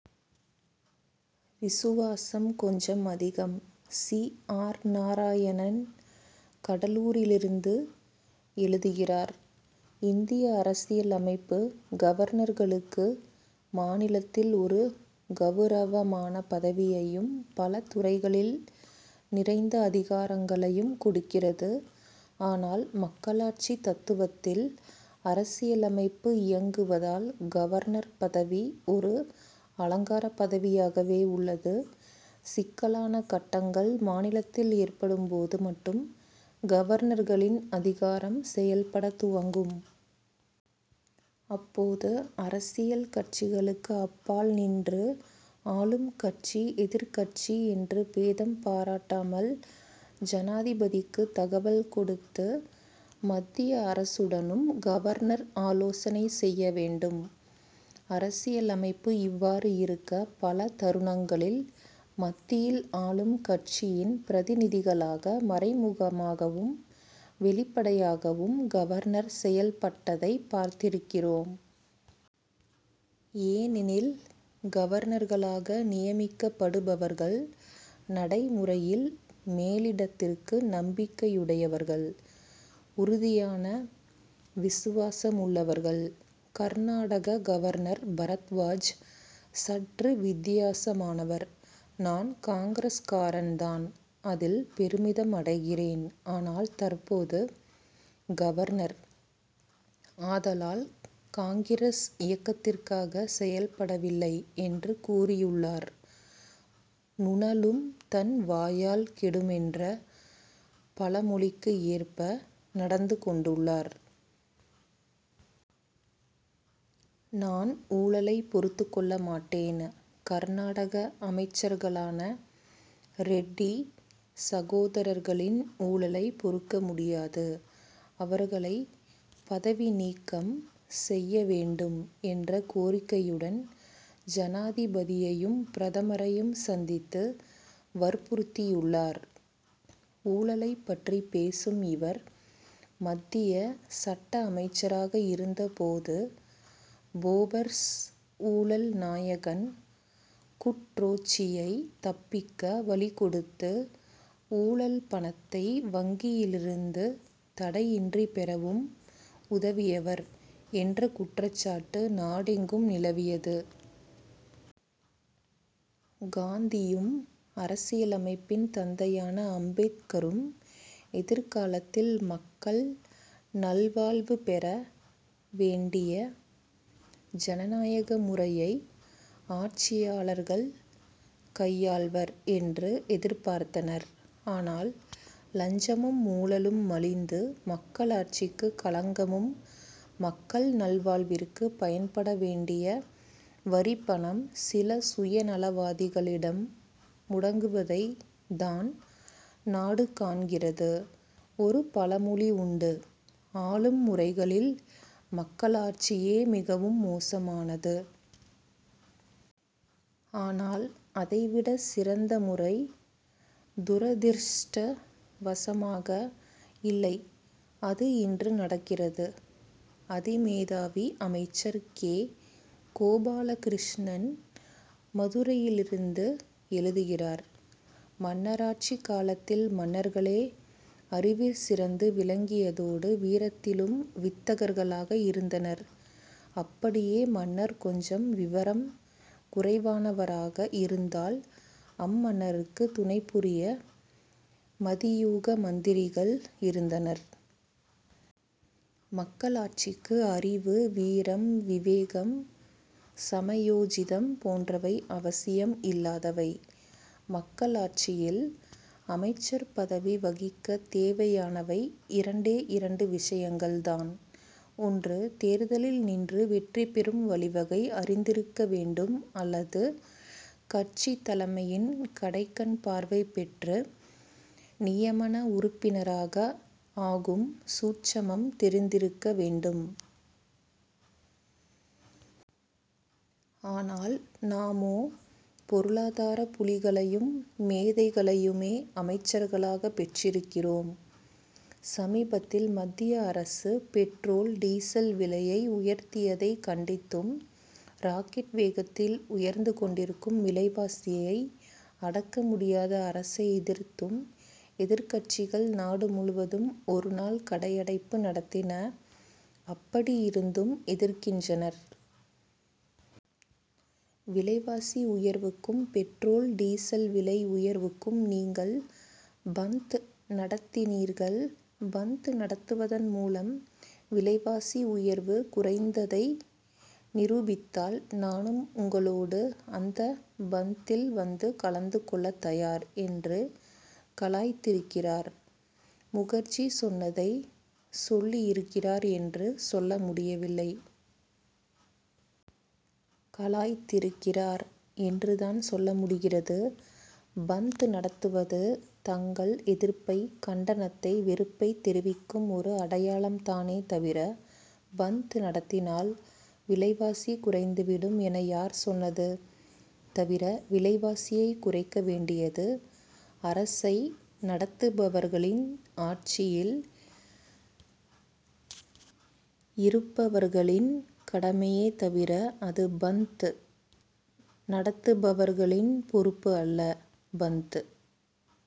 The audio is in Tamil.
விசுவாசம் கொஞ்சம் அதிகம்! சி. ஆர். நாராயணன், கடலூரிலிருந்து எழுதுகிறார்: இந்திய அரசியல் அமைப்பு, கவர்னர்களுக்கு மாநிலத்தில் ஒரு கவுரவமான பதவியையும், பல துறைகளில் நிறைந்த அதிகாரங்களையும் கொடுக்கிறது. ஆனால், மக்களாட்சி தத்துவத்தில் அரசியலமைப்பு இயங்குவதால், கவர்னர் பதவி ஒரு அலங்காரப் பதவியாகவே உள்ளது. சிக்கலான கட்டங்கள் மாநிலத்தில் ஏற்படும் போது மட்டும், கவர்னர்களின் அதிகாரம் செயல்படத் துவங்கும். அப்போது, அரசியல் கட்சிகளுக்கு அப்பால் நின்று ஆளும் கட்சி, எதிர்க்கட்சி என்று பேதம் பாராட்டாமல், ஜனாதிபதிக்கு தகவல் கொடுத்து, மத்திய அரசுடனும், கவர்னர் ஆலோசனை செய்ய வேண்டும். அரசியல் அமைப்பு இவ்வாறு இருக்க, பல தருணங்களில் மத்தியில் ஆளும் கட்சியின் பிரதிநிதிகளாக, மறைமுகமாகவும், வெளிப்படையாகவும் கவர்னர் செயல்பட்டதை பார்த்திருக்கிறோம். ஏனெனில், கவர்னர்களாக நியமிக்கப்படுபவர்கள், நடைமுறையில் மேலிடத்திற்கு நம்பிக்கையுடையவர்கள்; உறுதியான விசுவாசமுள்ளவர்கள். கர்நாடக கவர்னர் பரத்வாஜ் சற்று வித்தியாசமானவர். "நான் காங்கிரஸ்காரன் தான்; அதில் பெருமிதம் அடைகிறேன். ஆனால், தற்போது கவர்னர். ஆதலால், காங்கிரஸ் இயக்கத்திற்காக செயல்படவில்லை' என்று கூறியுள்ளார். நுணலும் தன் வாயால் கெடுமென்ற பழமொழிக்கு ஏற்ப நடந்து கொண்டுள்ளார். "நான் ஊழலை பொறுத்துக் கொள்ள மாட்டேன். கர்நாடக அமைச்சர்களான ரெட்டிச் சகோதரர்களின் ஊழலை பொறுக்க முடியாது. அவர்களை பதவி நீக்கம் செய்ய வேண்டும்' என்ற கோரிக்கையுடன், ஜனாதிபதியையும், பிரதமரையும் சந்தித்து வற்புறுத்தியுள்ளார். ஊழலைப் பற்றி பேசும் இவர், மத்திய சட்ட அமைச்சராக இருந்த போது, போபர்ஸ் ஊழல் நாயகன் குட்ரோச்சியை தப்பிக்க வழி கொடுத்து, ஊழல் பணத்தை வங்கியிலிருந்து தடையின்றி பெறவும் உதவியவர் என்ற குற்றச்சாட்டு நாடெங்கும் நிலவியது. காந்தியும், அரசியலமைப்பின் தந்தையான அம்பேத்கரும், எதிர்காலத்தில் மக்கள் நல்வாழ்வு பெற வேண்டிய ஜனநாயக முறையை ஆட்சியாளர்கள் கையாள்வர் என்று எதிர்பார்த்தனர். ஆனால், லஞ்சமும், ஊழலும் மலிந்து, மக்களாட்சிக்கு களங்கமும், மக்கள் நல்வாழ்விற்கு பயன்பட வேண்டிய வரிப்பணம், சில சுயநலவாதிகளிடம் முடங்குவதை தான் நாடு காண்கிறது. ஒரு பழமொழி உண்டுஆளும் முறைகளில், "மக்களாட்சியே மிகவும் மோசமானது. ஆனால், அதை விட சிறந்த முறை துரதிர்ஷ்டவசமாக இல்லை! ' அது இன்று நடக்கிறது. "அதிமேதாவி' அமைச்சர்! கே. கோபாலகிருஷ்ணன், மதுரையிலிருந்து எழுதுகிறார்: மன்னராட்சி காலத்தில், மன்னர்களே அறிவிற்சிறந்து விளங்கியதோடு, வீரத்திலும் வித்தகர்களாக இருந்தனர். அப்படியே மன்னர் கொஞ்சம் விவரம் குறைவானவராக இருந்தால், அம்மன்னருக்குத் துணை புரிய, "மதியூக' மந்திரிகள் இருந்தனர். மக்களாட்சிக்கு அறிவு, வீரம், விவேகம், சமயோஜிதம் போன்றவை அவசியம் இல்லாதவை. மக்களாட்சியில் அமைச்சர் பதவி வகிக்க தேவையானவை, இரண்டே இரண்டு விஷயங்கள் தான்ஒன்று, தேர்தலில் நின்று வெற்றி பெறும் வழிவகை அறிந்திருக்க வேண்டும் அல்லது கட்சித் தலைமையின், "கடைக்கண்' பார்வை பெற்று நியமன உறுப்பினராக ஆகும் சூட்சமம் தெரிந்திருக்க வேண்டும். ஆனால், நாமோ, பொருளாதாரப் புலிகளையும், மேதைகளையுமே அமைச்சர்களாகப் பெற்றிருக்கிறோம். சமீபத்தில் மத்திய அரசு, பெட்ரோல், டீசல் விலையை உயர்த்தியதைக் கண்டித்தும், ராக்கெட் வேகத்தில் உயர்ந்து கொண்டிருக்கும் விலைவாசியை அடக்க முடியாத அரசை எதிர்த்தும், எதிர்க்கட்சிகள், நாடு முழுவதும் ஒருநாள் கடையடைப்பு நடத்தின. அப்படி இருந்தும் எதிர்க்கின்றனர். விலைவாசி உயர்வுக்கும், பெட்ரோல், டீசல் விலை உயர்வுக்கும் நீங்கள் "பந்த்' நடத்தினீர்கள். பந்த் நடத்துவதன் மூலம் விலைவாசி உயர்வு குறைந்ததை நிரூபித்தால், நானும் உங்களோடு அந்த, "பந்த்'தில் வந்து கலந்து கொள்ளத் தயார் என்று கலாய்த்திருக்கிறார். முகர்ஜி சொன்னதை, "சொல்லி இருக்கிறார்' என்று சொல்ல முடியவில்லை. "கலாய்த்திருக்கிறார்' என்றுதான் சொல்ல முடிகிறது. "பந்த்' நடத்துவது, தங்கள் எதிர்ப்பை, கண்டனத்தை, வெறுப்பைத் தெரிவிக்கும் ஒரு அடையாளம் தானே தவிர, "பந்த்' நடத்தினால், விலைவாசி குறைந்துவிடும் என யார் சொன்னது? தவிர, விலைவாசியைக் குறைக்க வேண்டியது, அரசை நடத்துபவர்களின், ஆட்சியில் இருப்பவர்களின் கடமையே தவிர, அது "பந்த்' நடத்துபவர்களின் பொறுப்பு அல்ல. "பந்த்'